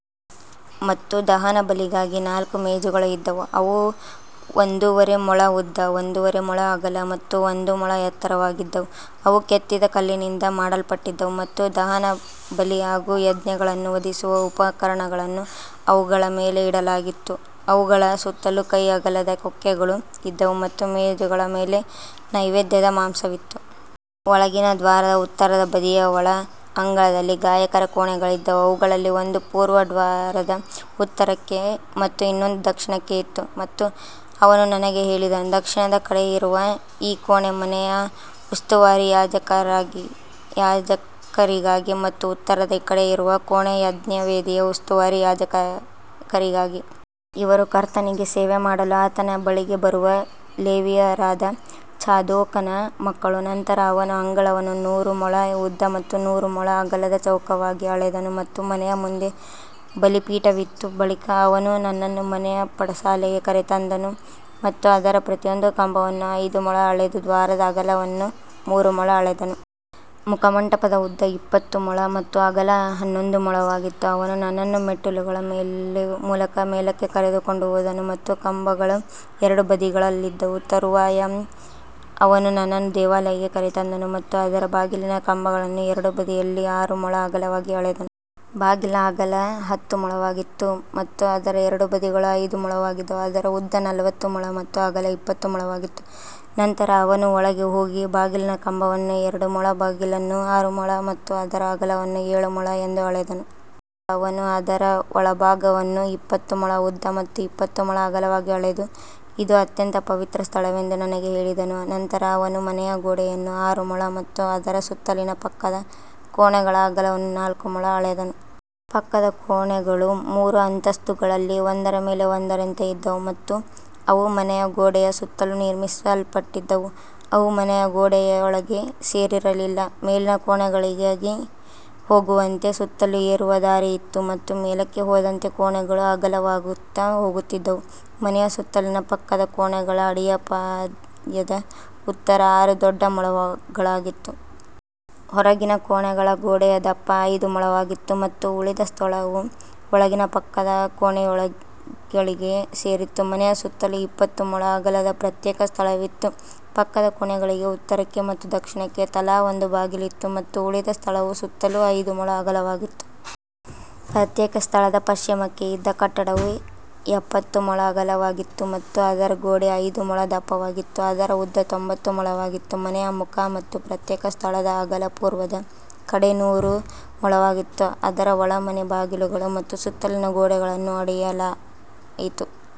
ಮತ್ತು ದಹನಬಲಿಗಾಗಿ ನಾಲ್ಕು ಮೇಜುಗಳು ಇದ್ದವು. ಅವು ಒಂದೂವರೆ ಮೊಳ ಉದ್ದ, ಒಂದೂವರೆ ಮೊಳ ಅಗಲ ಮತ್ತು ಒಂದು ಮೊಳ ಎತ್ತರವಾಗಿದ್ದವು. ಅವು ಕೆತ್ತಿದ ಕಲ್ಲಿನಿಂದ ಮಾಡಲ್ಪಟ್ಟಿದ್ದವು ಮತ್ತು ದಹನಬಲಿ ಹಾಗೂ ಯಜ್ಞಗಳನ್ನು ವಧಿಸುವ ಉಪಕರಣಗಳನ್ನು ಅವುಗಳ ಮೇಲೆ ಇಡಲಾಗುತ್ತಿತ್ತು. ಅವುಗಳ ಸುತ್ತಲೂ ಕೈ ಅಗಲದ ಕೊಕ್ಕೆಗಳು ಇದ್ದವು ಮತ್ತು ಮೇಜುಗಳ ಮೇಲೆ ನೈವೇದ್ಯದ ಮಾಂಸವಿತ್ತು. ಒಳಗಿನ ದ್ವಾರದ ಉತ್ತರದ ಬದಿಯ ಒಳ ಅಂಗಳದಲ್ಲಿ ಗಾಯಕರ ಕೋಣೆಗಳಿದ್ದವು. ಅವುಗಳಲ್ಲಿ ಒಂದು ಪೂರ್ವ ದ್ವಾರದ ಉತ್ತರಕ್ಕೆ ಮತ್ತು ಇನ್ನೊಂದು ದಕ್ಷಿಣಕ್ಕೆ ಇತ್ತು. ಮತ್ತು ಅವನು ನನಗೆ ಹೇಳಿದನು, ದಕ್ಷಿಣದ ಕಡೆ ಇರುವ ಈ ಕೋಣೆ ಮನೆಯ ಉಸ್ತುವಾರಿ ಯಾಜಕರಿಗಾಗಿ ಮತ್ತು ಉತ್ತರದ ಕಡೆ ಇರುವ ಕೋಣೆ ಯಜ್ಞವೇದಿಯ ಉಸ್ತುವಾರಿ ಯಾಜಕರಿಗಾಗಿ. ಇವರು ಕರ್ತನಿಗೆ ಸೇವೆ ಮಾಡಲು ಆತನ ಬಳಿಗೆ ಬರುವ ಲೇವಿಯರಾದ ಚಾದೋಕನ ಮಕ್ಕಳು. ನಂತರ ಅವನು ಅಂಗಳವನ್ನು ನೂರು ಮೊಳ ಉದ್ದ ಮತ್ತು ನೂರು ಮೊಳ ಅಗಲದ ಚೌಕವಾಗಿ ಅಳೆದನು ಮತ್ತು ಮನೆಯ ಮುಂದೆ ಬಲಿಪೀಠವಿತ್ತು. ಬಳಿಕ ಅವನು ನನ್ನನ್ನು ಮನೆಯ ಪಡಸಾಲೆಗೆ ಕರೆತಂದನು ಮತ್ತು ಅದರ ಪ್ರತಿಯೊಂದು ಕಂಬವನ್ನು ಐದು ಮೊಳ ಅಳೆದು ದ್ವಾರದ ಅಗಲವನ್ನು ಮೂರು ಮೊಳ ಅಳೆದನು. ಮುಖಮಂಟಪದ ಉದ್ದ ಇಪ್ಪತ್ತು ಮೊಳ ಮತ್ತು ಅಗಲ ಹನ್ನೊಂದು ಮೊಳವಾಗಿತ್ತು. ಅವನು ನನ್ನನ್ನು ಮೆಟ್ಟಿಲುಗಳ ಮೂಲಕ ಮೇಲಕ್ಕೆ ಕರೆದುಕೊಂಡು ಹೋದನು ಮತ್ತು ಕಂಬಗಳು ಎರಡೂ ಬದಿಗಳಲ್ಲಿದ್ದವು. ತರುವಾಯ ಅವನು ನನ್ನನ್ನು ದೇವಾಲಯಕ್ಕೆ ಕರೆತಂದನು ಮತ್ತು ಅದರ ಬಾಗಿಲಿನ ಕಂಬಗಳನ್ನು ಎರಡೂ ಬದಿಯಲ್ಲಿ ಆರು ಮೊಳ ಅಗಲವಾಗಿ ಅಳೆದನು. ಬಾಗಿಲಿನ ಅಗಲ ಹತ್ತು ಮೊಳವಾಗಿತ್ತು ಮತ್ತು ಅದರ ಎರಡೂ ಬದಿಗಳು ಐದು ಮೊಳವಾಗಿದ್ದವು. ಅದರ ಉದ್ದ ನಲವತ್ತು ಮೊಳ ಮತ್ತು ಅಗಲ ಇಪ್ಪತ್ತು ಮೊಳವಾಗಿತ್ತು. ನಂತರ ಅವನು ಒಳಗೆ ಹೋಗಿ ಬಾಗಿಲಿನ ಕಂಬವನ್ನು ಎರಡು ಮೊಳ, ಬಾಗಿಲನ್ನು ಆರು ಮೊಳ ಮತ್ತು ಅದರ ಅಗಲವನ್ನು ಏಳು ಮೊಳ ಎಂದು ಅಳೆದನು. ಆಗ ಅವನು ಅದರ ಒಳಭಾಗವನ್ನು ಇಪ್ಪತ್ತು ಮೊಳ ಉದ್ದ ಮತ್ತು ಇಪ್ಪತ್ತು ಮೊಳ ಅಗಲವಾಗಿ ಅಳೆದು, ಇದು ಅತ್ಯಂತ ಪವಿತ್ರ ಸ್ಥಳವೆಂದು ನನಗೆ ಹೇಳಿದನು. ನಂತರ ಅವನು ಮನೆಯ ಗೋಡೆಯನ್ನು ಆರು ಮೊಳ ಮತ್ತು ಅದರ ಸುತ್ತಲಿನ ಪಕ್ಕದ ಕೋಣೆಗಳ ಅಗಲವನ್ನು ನಾಲ್ಕು ಮೊಳ ಅಳೆದನು. ಪಕ್ಕದ ಕೋಣೆಗಳು ಮೂರು ಅಂತಸ್ತುಗಳಲ್ಲಿ ಒಂದರ ಮೇಲೆ ಒಂದರಂತೆ ಇದ್ದವು ಮತ್ತು ಅವು ಮನೆಯ ಗೋಡೆಯ ಸುತ್ತಲೂ ನಿರ್ಮಿಸಲ್ಪಟ್ಟಿದ್ದವು. ಅವು ಮನೆಯ ಗೋಡೆಯೊಳಗೆ ಸೇರಿರಲಿಲ್ಲ. ಮೇಲಿನ ಕೋಣೆಗಳಿಗೆ ಹೋಗುವಂತೆ ಸುತ್ತಲೂ ಏರುವ ದಾರಿ ಇತ್ತು ಮತ್ತು ಮೇಲಕ್ಕೆ ಹೋದಂತೆ ಕೋಣೆಗಳು ಅಗಲವಾಗುತ್ತಾ ಹೋಗುತ್ತಿದ್ದವು. ಮನೆಯ ಸುತ್ತಲಿನ ಪಕ್ಕದ ಕೋಣೆಗಳ ಅಡಿಪಾಯದ ಎತ್ತರ ಆರು ದೊಡ್ಡ ಮೊಳಗಳಾಗಿತ್ತು. ಹೊರಗಿನ ಕೋಣೆಗಳ ಗೋಡೆಯ ದಪ್ಪ ಐದು ಮೊಳವಾಗಿತ್ತು ಮತ್ತು ಉಳಿದ ಸ್ಥಳವು ಒಳಗಿನ ಪಕ್ಕದ ಕೋಣೆಗಳಿಗೆ ಸೇರಿತ್ತು. ಮನೆಯ ಸುತ್ತಲೂ ಇಪ್ಪತ್ತು ಮೊಳ ಅಗಲದ ಪ್ರತ್ಯೇಕ ಸ್ಥಳವಿತ್ತು. ಪಕ್ಕದ ಕೋಣೆಗಳಿಗೆ ಉತ್ತರಕ್ಕೆ ಮತ್ತು ದಕ್ಷಿಣಕ್ಕೆ ತಲಾ ಒಂದು ಬಾಗಿಲಿತ್ತು ಮತ್ತು ಉಳಿದ ಸ್ಥಳವು ಸುತ್ತಲೂ ಐದು ಮೊಳ ಅಗಲವಾಗಿತ್ತು. ಪ್ರತ್ಯೇಕ ಸ್ಥಳದ ಪಶ್ಚಿಮಕ್ಕೆ ಇದ್ದ ಕಟ್ಟಡವು ಎಪ್ಪತ್ತು ಮೊಳ ಅಗಲವಾಗಿತ್ತು ಮತ್ತು ಅದರ ಗೋಡೆ ಐದು ಮೊಳ ದಪ್ಪವಾಗಿತ್ತು. ಅದರ ಉದ್ದ ತೊಂಬತ್ತು ಮೊಳವಾಗಿತ್ತು. ಮನೆಯ ಮುಖ ಮತ್ತು ಪ್ರತ್ಯೇಕ ಸ್ಥಳದ ಅಗಲ ಪೂರ್ವದ ಕಡೆ ನೂರು ಮೊಳವಾಗಿತ್ತು. ಅದರ ಒಳಮನೆ, ಬಾಗಿಲುಗಳು ಮತ್ತು ಸುತ್ತಲಿನ ಗೋಡೆಗಳನ್ನೂ ಅಳೆಯಲಾಯಿತು.